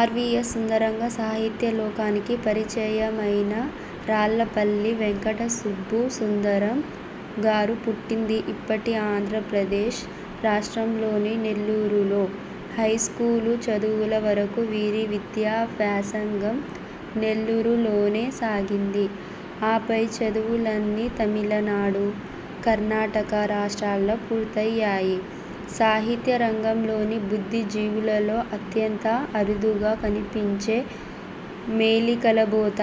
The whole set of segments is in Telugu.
ఆర్వీయస్ సుందరంగా సాహిత్య లోకానికి పరిచయమైన రాళ్ళపల్లి వెంకట సుబ్బు సుందరం గారు పుట్టింది ఇప్పటి ఆంధ్రప్రదేశ్ రాష్ట్రంలోని నెల్లూరులో. హైస్కూలు చదువుల వరకు వీరి విద్యా వ్యాసంగం నెల్లూరులోనే సాగింది. ఆపై చదువులన్నీ తమిళనాడు, కర్ణాటక రాష్టాల్లో పూర్తయ్యాయి. సాహిత్య రంగంలోని బుద్ధి జీవులలో అత్యంత అరుదుగా కనిపించే మేలి కలబోత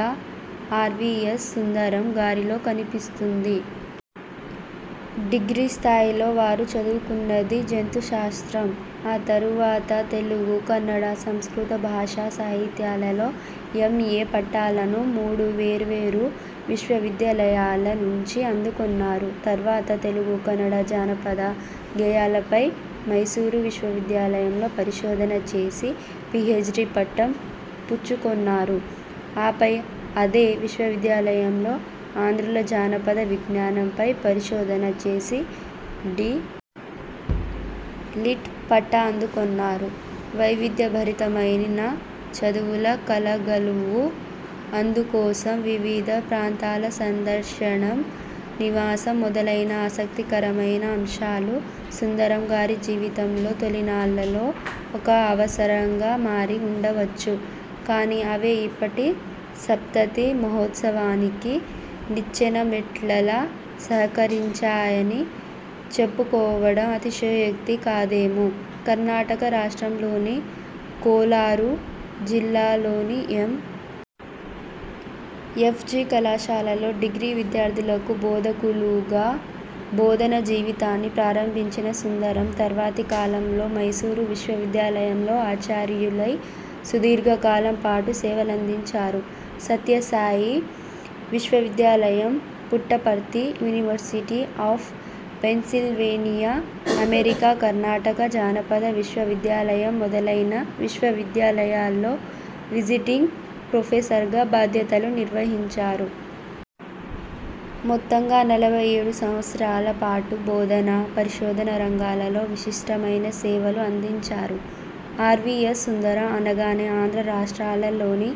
ఆర్వీయస్ సుందరం గారిలో కనిపిస్తుంది. డిగ్రీ స్థాయిలో వారు చదువుకున్నది జంతుశాస్త్రం. ఆ తరువాత, తెలుగు, కన్నడ, సంస్కృత భాషా సాహిత్యాలలో ఎమ్. ఏ. పట్టాలను మూడు వేర్వేరు విశ్వవిద్యాలయాల నుంచి అందుకొన్నారు. తర్వాత, 'తెలుగు, కన్నడ జానపద గేయాల'పై మైసూరు విశ్వవిద్యాలయంలో పరిశోధన చేసి, పీహెచ్డీ పట్టం పుచ్చుకొన్నారు. ఆపై, అదే విశ్వవిద్యాలయంలో 'ఆంధ్రుల జానపద విజ్ఞానం'పై పరిశోధన చేసి, డి. లిట్. పట్టా అందుకొన్నారు. వైవిధ్యభరితమైన చదువుల కలగలుపు, అందుకోసం వివిధ ప్రాంతాల సందర్శనం, నివాసం మొదలైన ఆసక్తికరమైన అంశాలు, సుందరం గారి జీవితంలో తొలినాళ్ళలో ఒక అవసరంగా మారి ఉండవచ్చు. కానీ, అవే ఇప్పటి సప్తతి మహోత్సవానికి నిచ్చెనమెట్లలా సహకరించాయని చెప్పుకోవడం అతిశయోక్తి కాదేమో! కర్ణాటక రాష్ట్రంలోని కోలారు జిల్లాలోని ఎం. ఎఫ్. జి. కళాశాలలో డిగ్రీ విద్యార్థులకు బోధకులుగా, బోధన జీవితాన్ని ప్రారంభించిన సుందరం, తర్వాతి కాలంలో మైసూరు విశ్వవిద్యాలయంలో ఆచార్యులై సుదీర్ఘకాలం పాటు సేవలందించారు. సత్యసాయి విశ్వవిద్యాలయం Puttaparthi, university of Pennsylvania America, Karnataka జానపద విశ్వవిద్యాలయం మొదలైన విశ్వవిద్యాలయాల్లో విజిటింగ్ ప్రొఫెసర్గా బాధ్యతలు నిర్వహించారు. మొత్తంగా నలభై ఏడు సంవత్సరాల పాటు బోధన, పరిశోధన రంగాలలో విశిష్టమైన సేవలు అందించారు. ఆర్వీయస్ సుందరం అనగానే ఆంధ్ర రాష్ట్రాల లోని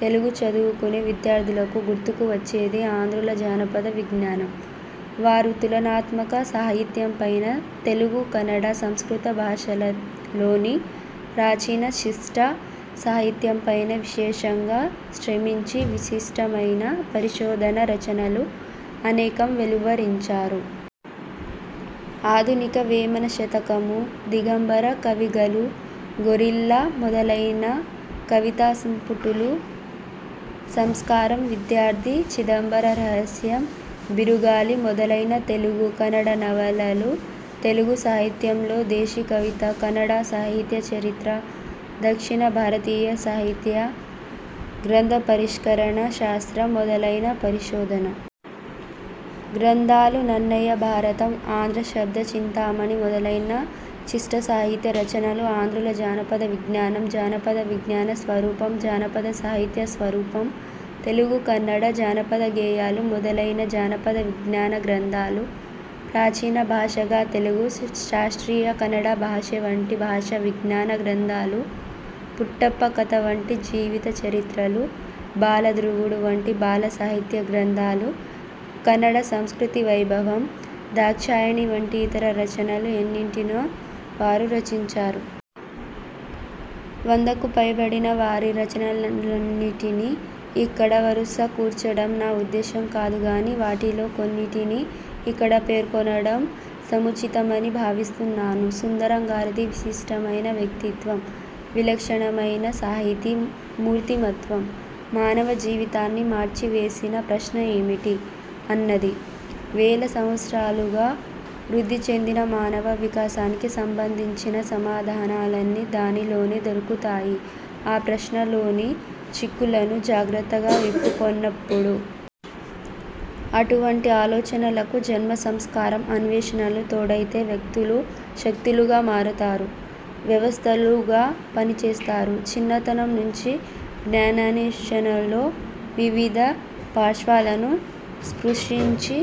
తెలుగు చదువుకునే విద్యార్థులకు గుర్తుకు వచ్చేది 'ఆంధ్రుల జానపద విజ్ఞానం'. వారు తులనాత్మక సాహిత్యంపైనా, తెలుగు, కన్నడ, సంస్కృత భాషలలోని ప్రాచీన శిష్ట సాహిత్యంపైనా విశేషంగా శ్రమించి, విశిష్టమైన పరిశోధణ రచనలు అనేకం వెలువరించారు. ఆధునిక వేమన శతకము, దిగంబర కవిగళు, గొరిల్లా, మొదలైన కవితా సంపుటులు, సంస్కారం, విద్యార్థి, చిదంబర రహస్యం, బిరుగాళి మొదలైన తెలుగు, కన్నడ నవలలు, తెలుగు సాహిత్యంలో దేశి కవిత, కన్నడ సాహిత్య చరిత్ర, దక్షిణ భారతీయ సాహిత్య, గ్రంథ పరిష్కరణ శాస్త్రం మొదలైన పరిశోధన గ్రంథాలు, నన్నయ భారతం, ఆంధ్ర శబ్ద చింతామణి మొదలైన శిష్టసాహిత్య రచనలు, ఆంధ్రుల జానపద విజ్ఞానం, జానపద విజ్ఞాన స్వరూపం, జానపద సాహిత్య స్వరూపం, తెలుగు కన్నడ జానపద గేయాలు మొదలైన జానపద విజ్ఞాన గ్రంథాలు, ప్రాచీన భాషగా తెలుగు, శాస్త్రీయ కన్నడ భాషె వంటి భాషా విజ్ఞాన గ్రంథాలు, పుట్టప్ప కథ వంటి జీవిత చరిత్రలు, బాల ధ్రువుడు వంటి బాల సాహిత్య గ్రంథాలు, కన్నడ సంస్కృతి వైభవం, దాక్షాయణి వంటి ఇతర రచనలు ఎన్నింటినో వారు రచించారు. వందకు పైబడిన వారి రచనలన్నిటినీ ఇక్కడ వరుస కూర్చడం నా ఉద్దేశం కాదు గాని, వాటిలో కొన్నిటిని ఇక్కడ పేర్కొనడం సముచితమని భావిస్తున్నాను. సుందరం గారిది విశిష్టమైన వ్యక్తిత్వం. విలక్షణమైన సాహితీ మూర్తిమత్వం. మానవ జీవితాన్ని మార్చివేసిన ప్రశ్న 'ఏమిటి? ' అన్నది. వేల సంవత్సరాలుగా వృద్ధి చెందిన మానవ వికాసానికి సంబంధించిన సమాధానాలన్నీ దానిలోనే దొరుకుతాయి ఆ ప్రశ్నలోని చిక్కులను జాగ్రత్తగా విప్పుకొన్నప్పుడు. అటువంటి ఆలోచనలకు జన్మ సంస్కారం, అన్వేషణలు తోడైతే వ్యక్తులు శక్తులుగా మారతారు. వ్యవస్థలుగా పనిచేస్తారు. చిన్నతనం నుంచీ జ్ఞానాన్వేషణలో వివిధ పార్శ్వాలను స్పృశించి,